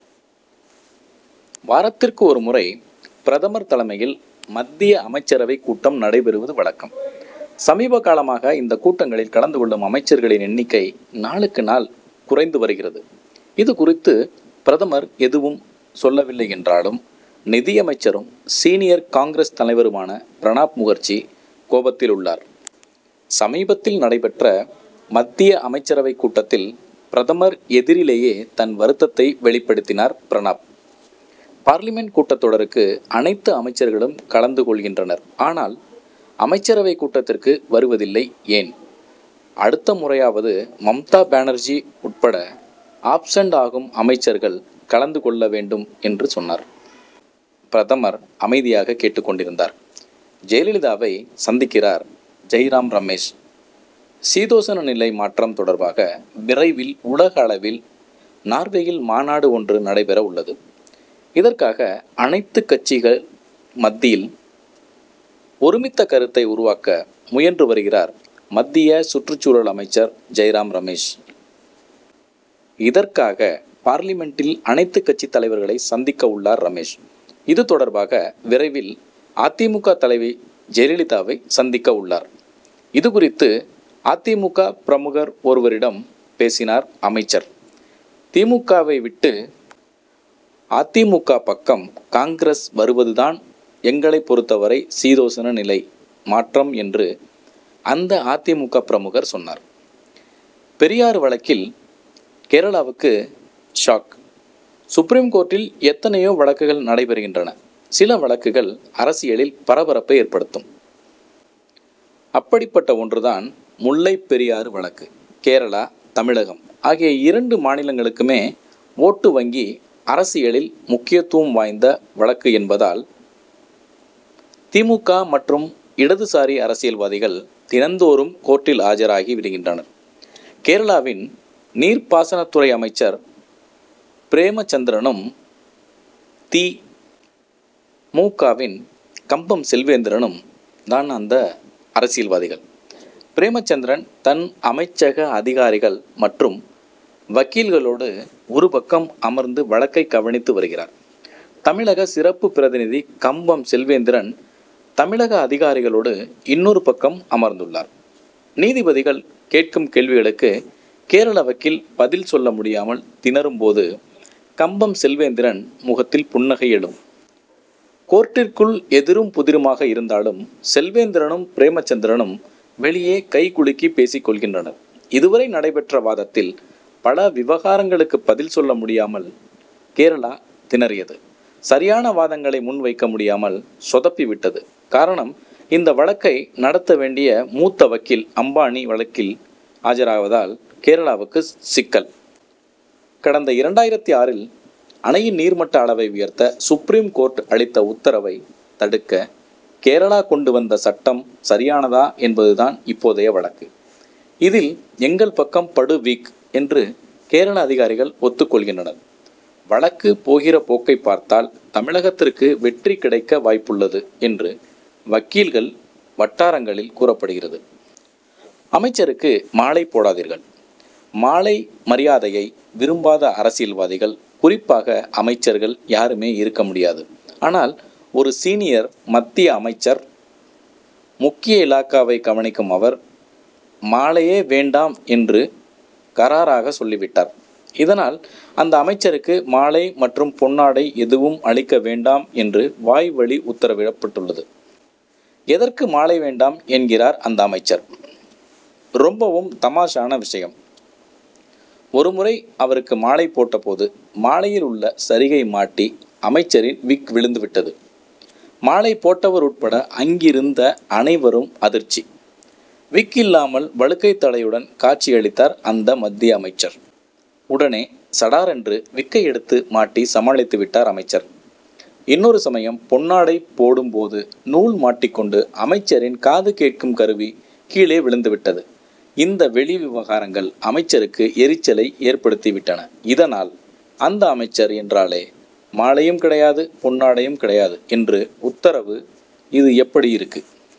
வாரத்திற்கு ஒருமுறை, பிரதமர் தலைமையில், மத்திய அமைச்சரவைக் கூட்டம் நடைபெறுவது வழக்கம். சமீபகாலமாக, இந்த கூட்டங்களில், கலந்து கொள்ளும் அமைச்சர்களின் எண்ணிக்கை நாளுக்கு நாள் குறைந்து வருகிறது. இது குறித்து, பிரதமர் எதுவும் சொல்லவில்லை என்றாலும், நிதியமைச்சரும், சீனியர் காங்கிரஸ் தலைவருமான பிரணாப் முகர்ஜி, கோபத்தில் உள்ளார். சமீபத்தில் நடைபெற்ற மத்திய அமைச்சரவைக் கூட்டத்தில், பிரதமர் எதிரிலேயே தன் வருத்தத்தை வெளிப்படுத்தினார் பிரணாப். பார்லிமென்ட் கூட்டத் தொடருக்கு அனைத்து அமைச்சர்களும் கலந்து கொள்கின்றனர்; ஆனால், அமைச்சரவைக் கூட்டத்திற்கு வருவதில்லை ஏன்? அடுத்த முறையாவது, மம்தா பானர்ஜி உட்பட, ஆப்சென்ட் ஆகும் அமைச்சர்கள் கலந்து கொள்ள வேண்டும்' என்று சொன்னார். பிரதமர் அமைதியாக கேட்டுக் கொண்டிருந்தார். ஜெயலலிதாவை சந்திக்கிறார் ஜெய்ராம் ரமேஷ் சீதோஷ்ண நிலை மாற்றம் தொடர்பாக, விரைவில் உலக அளவில் நார்வேயில் மாநாடு ஒன்று நடைபெற உள்ளது. இதற்காக, அனைத்து கட்சிகள் மத்தியில், ஒருமித்த கருத்தை உருவாக்க முயன்று வருகிறார் மத்திய சுற்றுச் சூழல் அமைச்சர் ஜெய்ராம் ரமேஷ். இதற்காக, பார்லிமென்ட்டில் அனைத்து கட்சித் தலைவர்களை சந்திக்க உள்ளார் ரமேஷ். இது தொடர்பாக, விரைவில் அ. தி. மு. க., தலைவி ஜெயலலிதாவை சந்திக்க உள்ளார். இது குறித்து, அ. தி. மு. க., பிரமுகர் ஒருவரிடம் பேசினார் அமைச்சர். தி. மு. க.வை விட்டு, அ. தி. மு. க., பக்கம் காங்கிரஸ் வருவது தான், எங்களைப் பொறுத்த வரை சீதோஷ்ண நிலை மாற்றம் என்று அந்த அ. தி. மு. க. பிரமுகர் சொன்னார். பெரியாறு வழக்கில் கேரளாவுக்கு ஷாக்சுப்ரீம் கோர்ட்டில், எத்தனையோ வழக்குகள் நடைபெறுகின்றன. சில வழக்குகள், அரசியலில் பரபரப்பை ஏற்படுத்தும். அப்படிப்பட்ட ஒன்று தான், முல்லைப் பெரியாறு வழக்கு. கேரளா, தமிழகம் ஆகிய இரண்டு மாநிலங்களுக்குமே ஓட்டு வங்கி அரசியலில் முக்கியத்துவம் வாய்ந்த வழக்கு என்பதால், தி. மு. க., மற்றும் இடதுசாரி அரசியல்வாதிகள், தினந்தோறும் கோர்ட்டில் ஆஜராகி விடுகின்றனர். கேரளாவின் நீர்ப்பாசனத்துறை அமைச்சர் பிரேமசந்திரனும், தி. மு. க.வின் கம்பம் செல்வேந்திரனும் தான் அந்த அரசியல்வாதிகள். பிரேமசந்திரன், தன் அமைச்சக அதிகாரிகள் மற்றும் வக்கீல்களோடு ஒரு பக்கம் அமர்ந்து வழக்கை கவனித்து வருகிறார். தமிழக சிறப்பு பிரதிநிதி கம்பம் செல்வேந்திரன், தமிழக அதிகாரிகளோடு இன்னொரு பக்கம் அமர்ந்துள்ளார். நீதிபதிகள் கேட்கும் கேள்விகளுக்கு, கேரள வக்கீல் பதில் சொல்ல முடியாமல் திணறும் போது, கம்பம்செல்வேந்திரன் முகத்தில் புன்னகை எழும். கோர்ட்டிற்குள் எதிரும், புதிருமாக இருந்தாலும், செல்வேந்திரனும், பிரேமசந்திரனும், வெளியே கை குலுக்கி பேசிக் கொள்கின்றனர். இதுவரை நடைபெற்ற வாதத்தில், பல விவகாரங்களுக்கு பதில் சொல்ல முடியாமல் கேரளா திணறியது. சரியான வாதங்களை முன்வைக்க முடியாமல் சொதப்பிவிட்டது. காரணம், இந்த வழக்கை நடத்த வேண்டிய மூத்த வக்கீல், அம்பானி வழக்கில் ஆஜராவதால், கேரளாவுக்கு சிக்கல். கடந்த இரண்டாயிரத்து ஆறில், அணையின் நீர்மட்ட அளவை உயர்த்த, சுப்ரீம் கோர்ட் அளித்த உத்தரவை தடுக்க, கேரளா கொண்டு வந்த சட்டம் சரியானதா என்பது தான் இப்போதைய வழக்கு. இதில், எங்கள் பக்கம் படு வீக் என்று கேரள அதிகாரிகள் ஒத்துக் கொள்கின்றனர். வழக்கு போகிற போக்கைப் பார்த்தால், தமிழகத்திற்கு வெற்றி கிடைக்க வாய்ப்புள்ளது என்று வக்கீல்கள் வட்டாரங்களில் கூறப்படுகிறது. அமைச்சருக்கு மாலை போடாதீர்கள்மாலை மரியாதையை விரும்பாத அரசியல்வாதிகள், குறிப்பாக அமைச்சர்கள், யாருமே இருக்க முடியாது. ஆனால், ஒரு சீனியர் மத்திய அமைச்சர், முக்கிய இலாகாவை கவனிக்கும் அவர், மாலையே வேண்டாம்' என்று கறாராக சொல்லிவிட்டார். இதனால், அந்த அமைச்சருக்கு, மாலை மற்றும் பொன்னாடை எதுவும் அளிக்க வேண்டாம் என்று வாய் வழி உத்தரவிடப்பட்டுள்ளது. எதற்கு மாலையை வேண்டாம் என்கிறார் அந்த அமைச்சர்? ரொம்பவும் தமாஷான விஷயம் ஒருமுறை அவருக்கு மாலை போட்டபோது, மாலையில் உள்ள சரிகை மாட்டி, அமைச்சரின் விக் விழுந்துவிட்டது. மாலை போட்டவர் உட்பட, அங்கிருந்த அனைவருக்கு அதிர்ச்சி. விக் இல்லாமல் வழுக்கை தலையுடன் காட்சி அளித்தார் அந்த மத்திய அமைச்சர். உடனே, சடாரென்று விக்கை எடுத்து மாட்டி சமாளித்துவிட்டார் அமைச்சர். இன்னொரு சமயம், பொன்னாடை போடும் போது, நூல் மாட்டிக் கொண்டு, அமைச்சரின் காது கேட்கும் கருவி கீழே விழுந்துவிட்டது. இந்த வெளி விவகாரங்கள் அமைச்சருக்கு எரிச்சலை ஏற்படுத்திவிட்டன. இதனால், அந்த அமைச்சர் என்றாலே, மாலையும் கிடையாது, பொன்னாடையும் கிடையாது என்று உத்தரவு இது எப்படி இருக்கு?